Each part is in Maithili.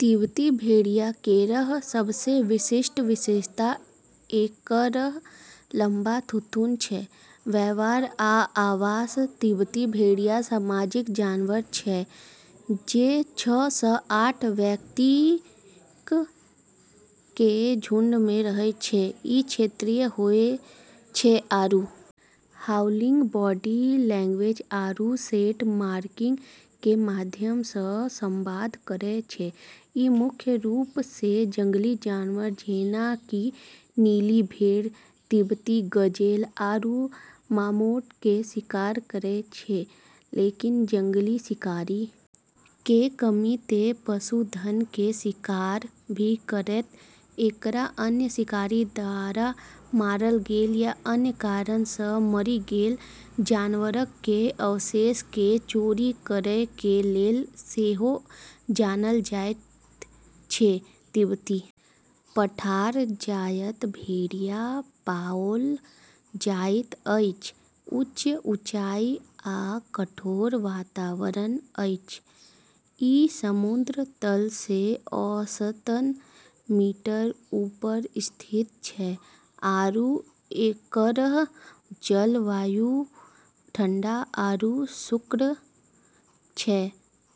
तिब्बती भेड़िया केरऽ सबसें विशिष्ट विशेषता एकरऽ लम्बा थूथन छै। व्यवहार आ आवास तिब्बती भेड़िया सामाजिक जानवर छै जे छ स आठ व्यक्तिक कें झुंड मे रहय छै, ई क्षेत्रीय होय छै आरू हाउलिंग, बॉडी लैंग्वेज आरू सेंट मार्किंग के माध्यम स॑ संवाद करै छै, ई मुख्य रूप से जंगली जानवर जेना कि नीली भेड़, तिब्बती गजेल आरू मार्मोट के शिकार करै छै लेकिन जंगली शिकार के कमी ते पशुधन के शिकार भी करतै, एकरा अन्य शिकारी द्वारा मारल गेल या अन्य कारण सं मरि गेल जानवरक कें अवशेषक कें चोरी करय कें लेल सेहो जानल जायत छै, तिब्बती पठार जतय भेड़िया पाओल जाइत अछि, उच्च ऊँचाई आ कठोर वातावरण अछि, ई समुद्र तल से औसतन मीटर ऊपर स्थित छै, आरू एकरऽ जलवायु ठंडा आरू शुष्क छै,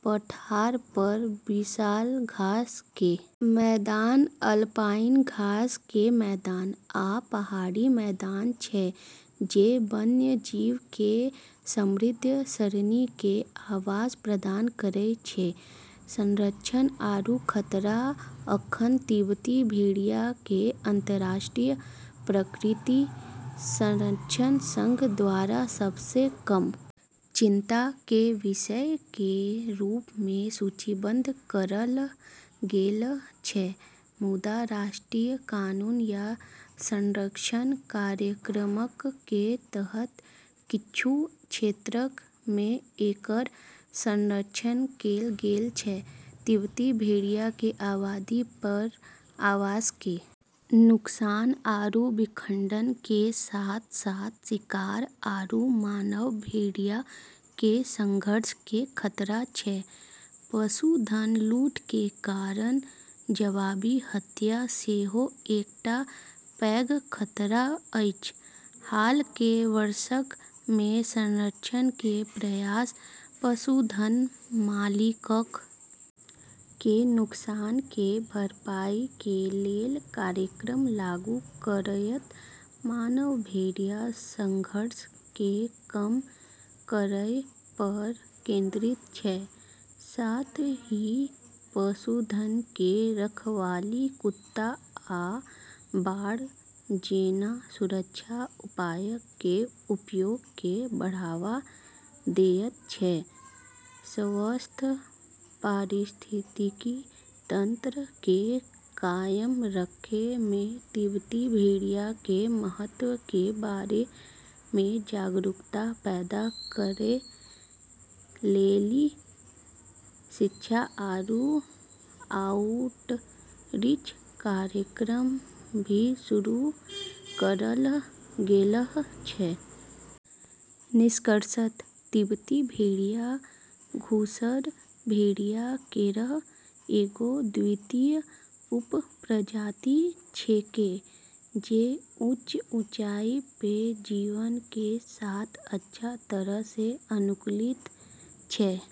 पठार पर विशाल घास के मैदान, अल्पाइन घास के मैदान, आ पहाड़ी मैदान छै जे वन्यजीव के समृद्ध सरणी के आवास प्रदान करै छै, संरक्षण आरू खतरा अखन तिब्बती भेड़िया के अंतरराष्ट्रीय प्रकृति संरक्षण संघ द्वारा सबसें कम चिंता के विषय के रूप मे सूचीबद्ध करलऽ गेलऽ छै मुदा राष्ट्रीय कानून या संरक्षण कार्यक्रमक कें तहत किच्छू क्षेत्रक मे एकर संरक्षण कैल गेल छै, तिब्बती भेड़िया के आबादी पर आवास के नुकसान आरू विखंडन के साथ-साथ शिकार आरू मानव-भेड़िया के संघर्ष के खतरा छै, पशुधन लूट के कारण जवाबी हत्या सेहो एकटा पैघ खतरा अछि, हाल कें वर्षक मे संरक्षण कें प्रयास पशुधन मालिकक कें नुकसान कें भरपाई कें लेल कार्यक्रम लागू करयत मानव-भेड़िया संघर्ष कें कम करय पर केंद्रित छै, साथ ही पशुधन कें रखवाली कुत्ता आ बाड़ जैना सुरक्षा उपायक कें उपयोग कें बढ़ावा देयत छै, स्वस्थ पारिस्थितिकी तंत्र के कायम रखै मे तिब्बती भेड़िया के महत्व के बारे मे जागरूकता पैदा करै लेली शिक्षा आरू आउटरीच कार्यक्रम भी शुरू करलऽ गेलऽ छै। निष्कर्षतः तिब्बती भेड़िया धूसर भेड़िया केरऽ एगो अद्वितीय उपप्रजाति छेकै जे उच्च ऊँचाई पे जीवन के साथ अच्छा तरह से अनुकूलित छै।